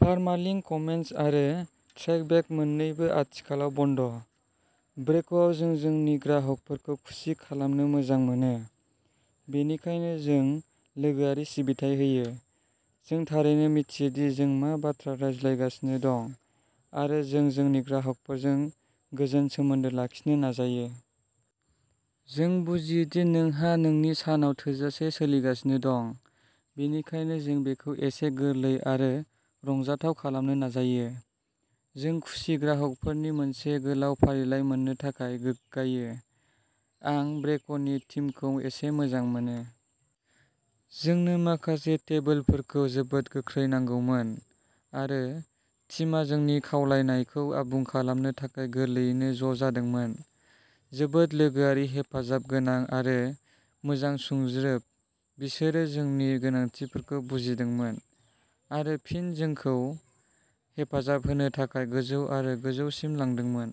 Permalink comment आरो trackback मोननैबो आथिखालाव बन्द’। ब्रेक'आव जों जोंनि ग्राहकफोरखौ खुसि खालामनो मोजां मोनो। बेनिखायनो, जों लोगोआरि सिबिथाइ होयो। जों थारैनो मिथियो दि जों मा बाथ्रा रायज्लायगासिनो दं, आरो जों जोंनि ग्राहकफोरजों गोजोन सोमोन्दो लाखिनो नाजायो। जों बुजियो दि नोंहा नोंनि सानाव थोजासे सोलिगासिनो दं, बेनिखायनो जों बेखौ एसे गोरलै आरो रंजाथाव खालामनो नाजायो। जों खुसि ग्राहकफोरनि मोनसे गोलाव फारिलाइ मोननो थाखाय गोग्गायो। "आं ब्रेक'नि टिमखौ एसे मोजां मोनो। जोंनो माखासे टेबोलफोरखौ जोबोद गोख्रै नांगौमोन आरो टिमआ जोंनि खावलायनायखौ आबुं खालामनो थाखाय गोरलैयैनो ज' जादोंमोन। जोबोद लोगोआरि हेफाजाबगोनां, आरो मोजां सुंज्रोब, बिसोरो जोंनि गोनांथिफोरखौ बुजिदोंमोन आरो फिन जोंखौ हेफाजाब होनो थाखाय गोजौ आरो गोजौसिम लांदोंमोन।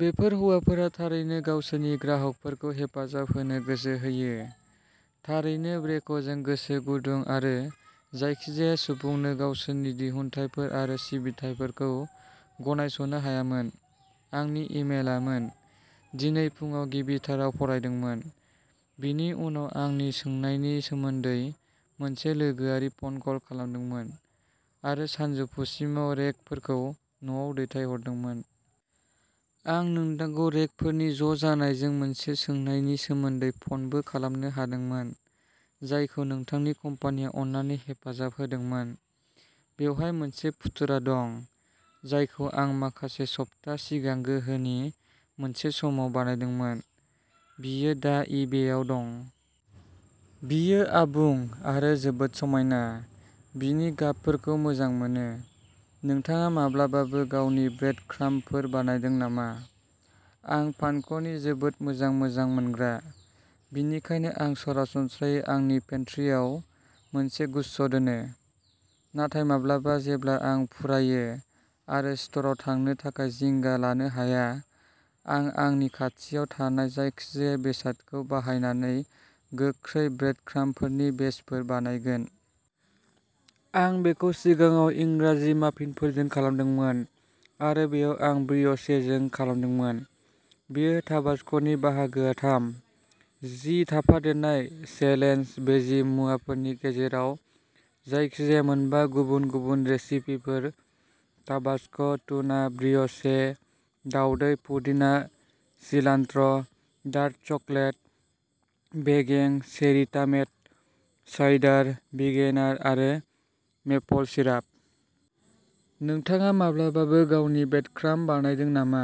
बेफोर हौवाफोरा थारैनो गावसोरनि ग्राहकफोरखौ हेफाजाब होनो गोसो होयो। थारैनो ब्रेक'जों गोसो गुदुं, आरो जायखिजाया सुबुंनो गावसोरनि दिहुनथायफोर आरो सिबिथाइफोरखौ गनायस'नो हायामोन।" आंनि इमेलामोन। दिनै फुंआव गिबिथाराव फरायदोंमोन, बिनि उनाव आंनि सोंनायनि सोमोन्दै मोनसे लोगोआरि फन कल खालामदोंमोन, आरो सानजौफुसिमाव रेक फोरखौ न'आव दैथायहरदोंमोन। आं नोंथांखौ रेक फोरनि ज' जानायजों मोनसे सोंनायनि सोमोन्दै फनबो खालामनो हादोंमोन, जायखौ नोंथांनि कम्पानिया अननानै हेफाजाब होदोंमोन। "बेवहाय मोनसे फुथुला दं जायखौ आं माखासे सप्ता सिगां गोहोनि मोनसे समाव बानायदोंमोन। बियो दा इबे आव दं। बियो आबुं, आरो जोबोद समायना, बिनि गाबफोरखौ मोजां मोनो। नोंथाङा माब्लाबाबो गावनि ब्रेडक्राम्बफोर बानायदों नामा? आं पानक'नि जोबोद मोजां मोजां मोनग्रा, बेनिखायनो आं सरासनस्रायै आंनि पेन्ट्रिआव मोनसे गुस्स’ दोनो, नाथाय माब्लाबा जेब्ला आं फुरायो आरो स्ट'रआव थांनो थाखाय जिंगा लानो हाया, आं आंनि खाथियाव थानाय जायखिजाया बेसादखौ बाहायनानै गोख्रै ब्रेडक्राम्बफोरनि बेचफोर बानायगोन। आं बेखौ सिगाङाव इंराजि माफिनफोरजों खालामदोंमोन आरो बेयाव आं ब्रिय'चेजों खालामदोंमोन। बेयो ताबासक'नि बाहागोआ थाम। जि थाफादेरनाय चेलेन्ज-बे जि मुवाफोरनि गेजेराव जायखि-जाया मोन बा गुबुन-गुबुन रेसिपिफोर टाबासक', टुना, ब्रिय'चे, दाउदै, पुदिना सिलान्ट्र', डार्क चकलेट, बेगें, चेरि टामेट', साइडार भिगेनार आरो मेपल सिराप। नोंथाङा माब्लाबाबो गावनि ब्रेडक्राम्ब बानायदों नामा?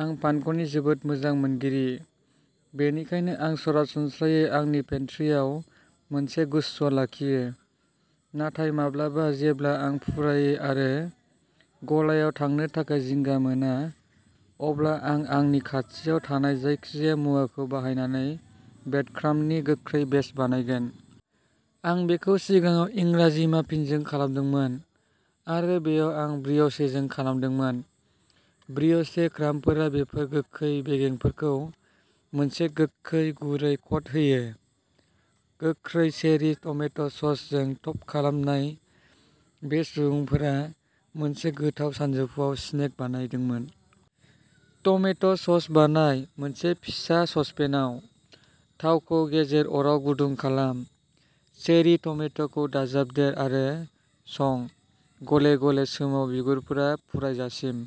आं पानक'नि जोबोद मोजां मोनगिरि, बेनिखायनो आं सरासनस्रायै आंनि पेन्ट्रिआव मोनसे गुस्स’ लाखियो, नाथाय माब्लाबा जेब्ला आं फुरायो आरो गलायाव थांनो थाखाय जिंगा मोना, अब्ला आं आंनि खाथियाव थानाय जायखिजाया मुवाखौ बाहायनानै ब्रेडक्राम्बनि गोख्रै बेच बानायगोन। आं बेखौ सिगाङाव इंराजि माफिनजों खालामदोंमोन आरो बेयाव आं ब्रिय'चेजों खालामदोंमोन। ब्रिय'चे क्राम्बफोरा बेफोर गोखै बेगेंफोरखौ मोनसे गोखै, गुरै कट होयो। गोख्रै चेरि टमेट' ससजों टप खालामनाय, बे सुबुंफोरा मोनसे गोथाव सानजौफुआव सिनेक बानायदोंमोन। टमेट' सस बानाय मोनसे फिसा ससपेनाव, थावखौ गेजेर अराव गुदुं खालाम। चेरि टमेट'खौ दाजाबदेर आरो सं, गले गले सोमाव बिगुरफोरा फुरायजासिम।